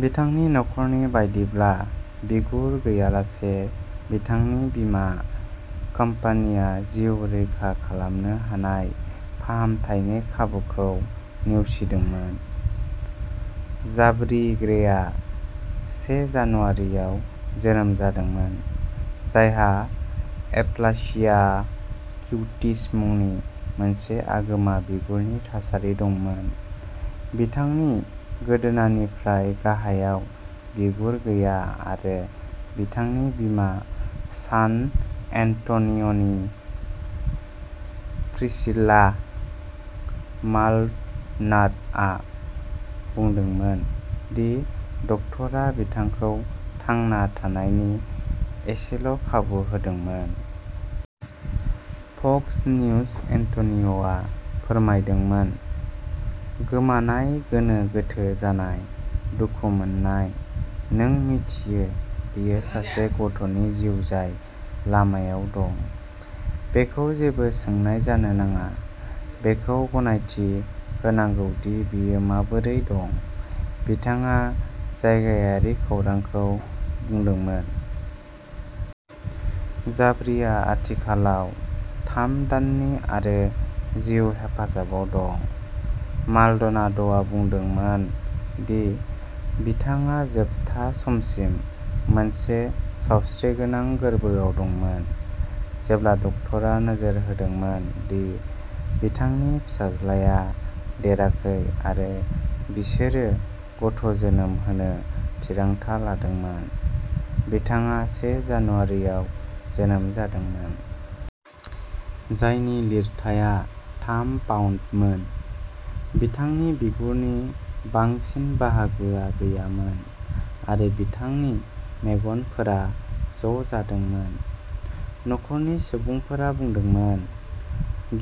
बिथांनि नखरनि बायदिब्ला बिगुर गैयालासे बिथांनि बीमा कम्पानिया जिउ रैखा खालामनो हानाय फाहामथायनि खाबुखौ नेवसिदोंमोन। जाबरी ग्रेआ से जानुवारियाव जोनोम जादोंमोन। जायहा एप्लासिया क्युटिस मुंनि मोनसे आगोमा बिगुरनि थासारि दंमोन। बिथांनि गोदोनानिफ्राय गाहायाव बिगुर गैया आरो बिथांनि बिमा सान एन्ट'निय'नि प्रिसिला माल्ड'नाद'आ बुंदोंमोन दि डाक्ट'रा बिथांखौ थांना थानायनि एसेल'खाबु होदोंमोन। फक्स निउज एन्ट'निय'आ फोरमायदोंमोन। गोमानाय गोनो गोथो जानाय, दुखु मोननाय, नों मिथियो बेयो सासे गथ'नि जिउ जाय लामायाव दं। बेखौ जेबो सोंनाय जानो नाङा। बेखौ गनायथि होनांगौ दि बेयो माबोरै दं। बिथाङा जायगायारि खौरांखौ बुंदोंमोन। जाबरीआ आथिखालाव थाम दाननि आरो जिउ हेफाजाबाव दं। माल्ड'ना द'आ बुंदोंमोन दि बिथाङा जोबथा समसिम मोनसे सावस्रिगोनां गोर्बोआव दंमोन। जेब्ला डाक्ट'रा नोजोर होदोंमोन दि बिथांनि फिसाज्लाया देराखै आरो बिसोरो गथ'जोनोम होनो थिरांथा लादोंमोन। बिथाङा से जानुवारियाव जोनोम जादोंमोन। जायनि लिरथाया थाम पाउन्दमोन। बिथांनि बिगुरनि बांसिन बाहागोआ गैयामोन आरो बिथांनि मेगनफोरा ज'जादोंमोन। नखरनि सुबुंफोरा बुंदोंमोन।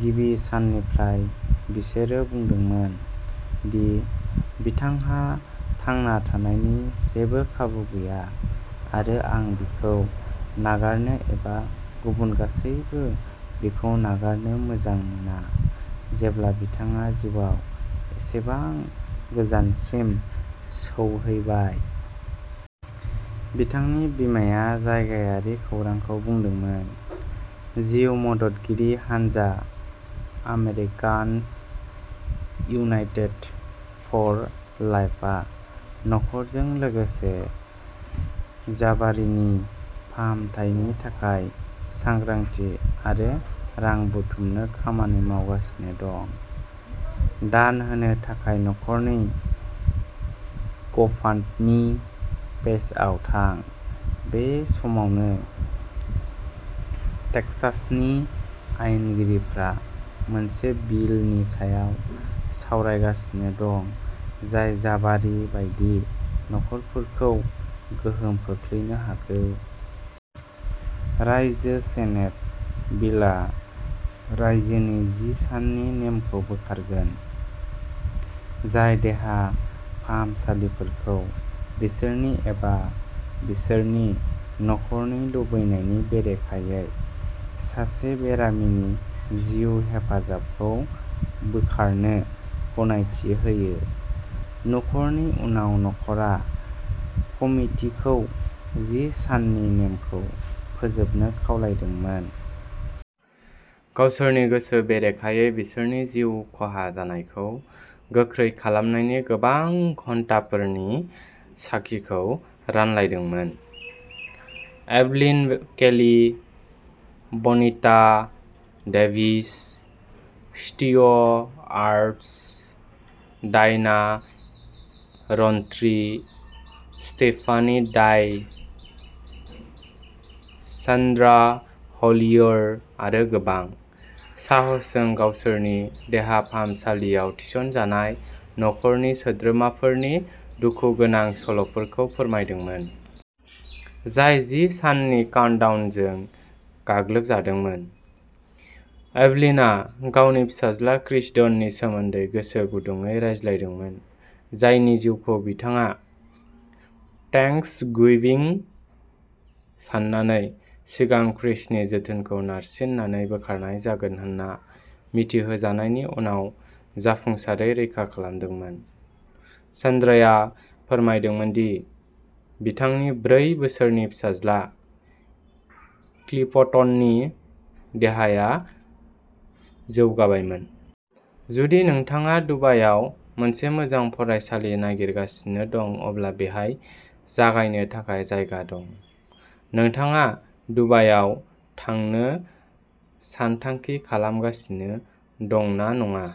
गिबि साननिफ्राय बिसोरो बुंदोंमोन दि बिथांहा थांना थानायनि जेबो खाबु गैया आरो आं बिखौ नागारनो एबा गुबुन गासैबो बिखौ नागारनो मोजां मोना जेब्ला बिथाङा जिउआव एसेबां गोजानसिम सौहैबाय। बिथांनि बिमाया जायगायारि खौरांखौ बुंदोंमोन। जिउ मददगिरि हानजा आमेरिकान्स इउनाइटेड फर लाइफआ नखरजों लोगोसे जाबारिनि फाहामथायनि थाखाय सांग्रांथि आरो रां बुथुमनो खामानि मावगासिनो दं। दान होनो थाखाय नखरनि ग'फान्डमी पेजआव थां। बे समावनो टेक्सासनि आयेनगिरिफ्रा मोनसे बिलनि सायाव सावरायगासिनो दं जाय जाबारि बायदि नखरफोरखौ गोहोम खोख्लैनो हागौ। रायजो सेनेट बिल आ रायजोनि जि साननि नेमखौ बोखारगोन। जाय देहा फाहामसालिफोरखौ बिसोरनि एबा बिसोरनि नखरनि लुबैनायनि बेरेखायै सासे बेरामिनि जिउ हेफाजाबखौ बोखारनो गनायथि होयो। नखरनि उनाव न'खरआ कमितिखौ जि साननि नेमखौ फोजोबनो खावलायदोंमोन। गावसोरनि गोसो बेरेखायै बिसोरनि जिउ खहा जानायखौ गोख्रै खालामनायनि गोबां घन्टाफोरनि साखिखौ रानलायदोंमोन। Evelyn Kelly, Bonita Davis, Steve Arts, Diana Rountree, Stephanie Dye, Sandra हलियर आरो गोबां। साहसजों गावसोरनि देहा फाहामसालियाव थिसनजानाय नखरनि सोद्रोमाफोरनि दुखुगोनां सल'फोरखौ फोरमायदोंमोन। जाय जि साननि काउन्टडाउनजों गाग्लोबजादोंमोन। एभलिनआ गावनि फिसाज्ला क्रिस डननि सोमोन्दै गोसो गुदुंयै रायज्लायदोंमोन। जायनि जिउखौ बिथाङा थेंक्सगिविंनि साननै सिगां क्रिसनि जोथोनखौ नारसिननानै बोखारनाय जागोन होनना मिथिहोजानायनि उनाव जाफुंसारै रैखा खालामदोंमोन। सान्ड्राया फोरमायदोंमोन दि बिथांनि ब्रै बोसोरनि फिसाज्ला क्लि फटननि देहाया जौगाबायमोन। जुदि नोंथाङा दुबाइआव मोनसे मोजां फरायसालि नागिरगासिनो दं अब्ला बेवहाय जागायनो थाखाय जायगा दं। नोंथाङा दुबाइआव थांनो सानथांखि खालामगासिनो दं ना नङा।